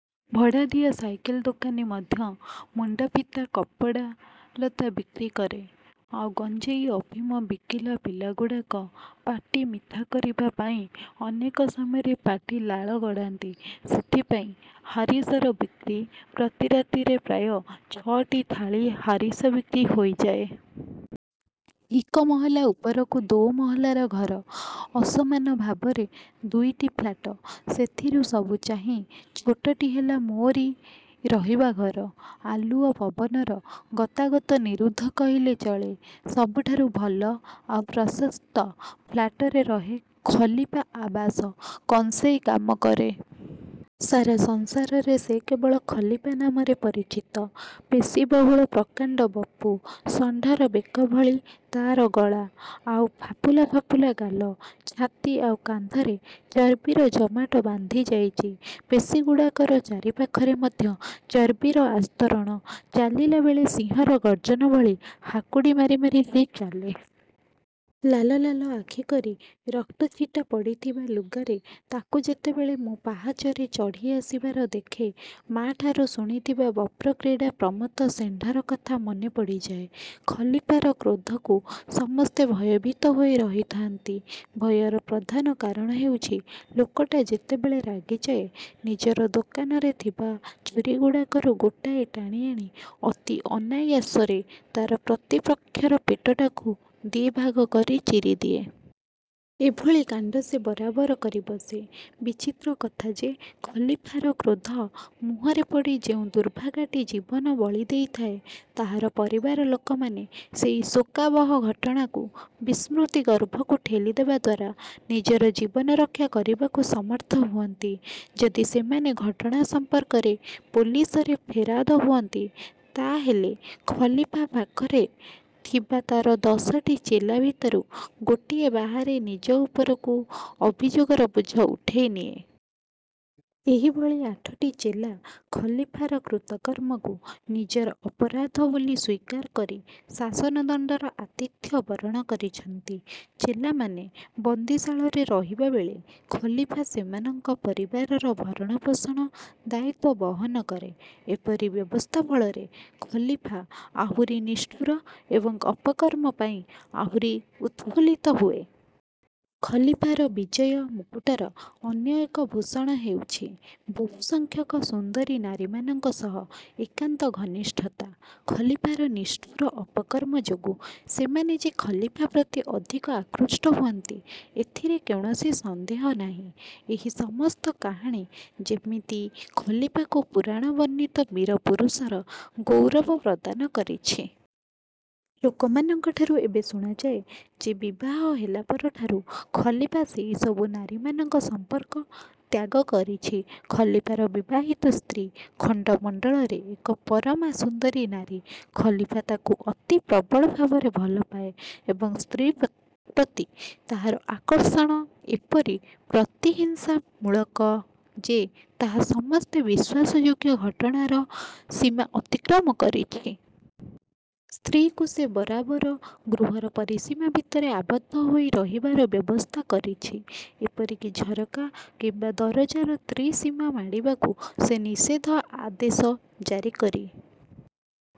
ଭଡ଼ା ଦିଆ ସାଇକେଲ ଦୋକାନୀ ମଧ୍ୟ ମୁଣ୍ଡଫିତା, କପଡ଼ା ଲତା ବିକ୍ରି କରେ। ଆଉ ଗଞ୍ଜେଇ ଅଫିମ ବିକିଲା ପିଲାଗୁଡ଼ାକ ପାଟି ମିଠା କରିବା ପାଇଁ ଅନେକ ସମୟରେ ପାଟି ଲାଳ ଗଡ଼ାନ୍ତି। ସେଥିପାଇଁ 'ହାରିସା'ର ବିକ୍ରି। ପ୍ରତି ରାତିରେ ପ୍ରାୟ ଛ'ଟି ଥାଳି ହାରିସା ବିକ୍ରି ହୋଇଯାଏ'। ଏକମହଲା ଉପରକୁ ଦୋମହଲାର ଘର। ଅସମାନ ଭାବରେ ଦୁଇଟି ଫ୍ଲାଟ। ସେଥିରୁ ସବୁ ଚାହିଁ ଛୋଟଟି ହେଲା ମୋରି ରହିବା ଘର। ଆଲୁଅ ପବନର ଗତାଗତ ନିରୁଦ୍ଧ କହିଲେ ଚଳେ। ସବୁଠାରୁ ଭଲ ଆଉ ପ୍ରଶସ୍ତ ଫ୍ଲାଟରେ ରହେ ଖଲିଫା ଆବାସ। କଂସେଇ କାମ କରେ। ସାରା ସଂସାରରେ ସେ କେବଳ 'ଖଲିଫା' ନାମରେ ପରିଚିତ। ପେଶୀବହୁଳ ପ୍ରକାଣ୍ଡ ବପୁ। ଷଣ୍ଢର ବେକ ଭଳି ତାର ଗଳା, ଆଉ ଫାପୁଲା ଫାପୁଲା ଗାଲ। ଛାତି ଆଉ କାନ୍ଧରେ ଚର୍ବିର ଜମାଟ ବାନ୍ଧିଯାଇଚି। ପେଶୀଗୁଡ଼ାକର ଚାରିପାଖରେ ମଧ୍ୟ ଚର୍ବିର ଆସ୍ତରଣ। ଚାଲିଲାବେଳେ ସିଂହର ଗର୍ଜନ ଭଳି ହାକୁଡ଼ି ମାରି ମାରି ସେ ଚାଲେ। ଲାଲ ଲାଲ ଆଖି କରି ରକ୍ତଛିଟା ପଡ଼ିଥିବା ଲୁଗାରେ ତାକୁ ଯେତେବେଳେ ମୁଁ ପାହାଚରେ ଚଢ଼ି ଆସିବାର ଦେଖେ, ମା'ଠାରୁ ଶୁଣିଥିବା ବପ୍ରକ୍ରିଡ଼ା ପ୍ରମତ୍ତ ଷେଣ୍ଢର କଥା ମନେ ପଡ଼ିଯାଏ। ଖଲିଫାର କ୍ରୋଧକୁ ସମସ୍ତେ ଭୟଭୀତ ହୋଇ ରହିଥାନ୍ତି। ଭୟର ପ୍ରଧାନ କାରଣ ହେଉଛି ଲୋକଟା ଯେତେବେଳେ ରାଗିଯାଏ, ନିଜର ଦୋକାନରେ ଥିବା ଛୁରିଗୁଡ଼ାକରୁ ଗୋଟାଏ ଟାଣି ଆଣି ଅତି ଅନାୟାସରେ ତାର ପ୍ରତିପକ୍ଷର ପେଟଟାକୁ ଦିଭାଗ କରି ଚିରିଦିଏ। ଏଭଳି କାଣ୍ଡ ସେ ବରାବର କରିବସେ। ବିଚିତ୍ର କଥା ଯେ ଖଲିଫାର କ୍ରୋଧ ମୁହଁରେ ପଡ଼ି ଯେଉଁ ଦୁର୍ଭାଗାଟି ଜୀବନଵଳି ଦେଇଥାଏ, ତାହାର ପରିବାର ଲୋକମାନେ ସେହି ଶୋକାବହ ଘଟଣାକୁ ବିସ୍ମୃତି ଗର୍ଭକୁ ଠେଲି ଦେବା ଦ୍ଵାରା ନିଜର ଜୀବନ ରକ୍ଷାକରିବାକୁ ସମର୍ଥ ହୁଅନ୍ତି। ଯଦି ସେମାନେ ଘଟଣା ସମ୍ପର୍କରେ ପୋଲିସରେ ଫେରାଦ ହୁଅନ୍ତି ତାହେଲେ ଖଲିଫା ପାଖରେ ଥିବା ତାର ଦଶଟି ଚେଲା ଭିତରୁ ଗୋଟିଏ ବାହାରି ନିଜ ଉପରକୁ ଅଭିଯୋଗର ବୋଝ ଉଠେଇନିଏ। ଏହିଭଳି ଆଠଟି ଚେଲା ଖଲିଫାର କୃତକର୍ମକୁ ନିଜର ଅପରାଧ ବୋଲି ସ୍ଵୀକାର କରି ଶାସନଦଣ୍ଡର ଆତିଥ୍ୟ ବରଣ କରିଛନ୍ତି। ଚେଲାମାନେ ବନ୍ଦୀଶାଳରେ ରହିବାବେଳେ ଖଲିଫା ସେମାନଙ୍କ ପରିବାରର ଭରଣପୋଷଣ ଦାୟିତ୍ୱ ବହନ କରେ। ଏପରି ବ୍ୟବସ୍ଥା ଫଳରେ ଖଲିଫା ଆହୁରି ନିଷ୍ଠୁର ଏବଂ ଅପକର୍ମ ପାଇଁ ଆହୁରି ଉତ୍ଫୁଲିତ ହୁଏ। ଖଲିଫାର ବିଜୟ ମୁକୁଟର ଅନ୍ୟ ଏକ ଭୂଷଣ ହେଉଛି, ବହୁ ସଂଖ୍ୟକ ସୁନ୍ଦରୀ ନାରୀମାନଙ୍କ ସହ ଏକାନ୍ତ ଘନିଷ୍ଠତା। ଖଲିଫାର ନିଷ୍ଠୁର ଅପକର୍ମ ଯୋଗୁଁ ସେମାନେ ଯେ ଖଲିଫା ପ୍ରତି ଅଧିକ ଆକୃଷ୍ଟ ହୁଅନ୍ତି, ଏଥିରେ କୌଣସି ସନ୍ଦେହ ନାହିଁ। ଏହି ସମସ୍ତ କାହାଣୀ ଯେମିତି ଖଲିଫାକୁ ପୁରାଣ ବର୍ଣ୍ଣିତ ବୀର ପୁରୁଷର ଗୌରବ ପ୍ରଦାନ କରିଛି। ଲୋକମାନଙ୍କଠାରୁ ଏବେ ଶୁଣାଯାଏ ଯେ, ବିବାହ ହେଲା ପରଠାରୁ ଖଲିଫା ସେହିସବୁ ନାରୀମାନଙ୍କ ସମ୍ପର୍କ ତ୍ୟାଗ କରିଛି। ଖଲିଫାର ବିବାହିତ ସ୍ତ୍ରୀ ଖଣ୍ଡମଣ୍ଡଳରେ ଏକ ପରମାସୁନ୍ଦରୀ ନାରୀ। ଖଲିଫା ତାକୁ ଅତି ପ୍ରବଳ ଭାବରେ ଭଲପାଏ ଏବଂ ସ୍ତ୍ରୀ ପ୍ରତି ତାହାର ଆକର୍ଷଣ ଏପରି ପ୍ରତିହିଂସାମୂଳକ ଯେ ତାହା ସମସ୍ତ ବିଶ୍ୱାସଯୋଗ୍ୟ ଘଟଣାର ସୀମା ଅତିକ୍ରମ କରିଛି। ସ୍ତ୍ରୀକୁ ସେ ବରାବର ଗୃହର ପରିସୀମା ଭିତରେ ଆବଦ୍ଧ ହୋଇ ରହିବାର ବ୍ୟବସ୍ଥା କରିଛି; ଏପରିକି ଝରକା କିମ୍ଵା ଦରଜାର ତ୍ରିସୀମା ମାଡ଼ିବାକୁ ସେ ନିଷେଧ ଆଦେଶ ଜାରିକରି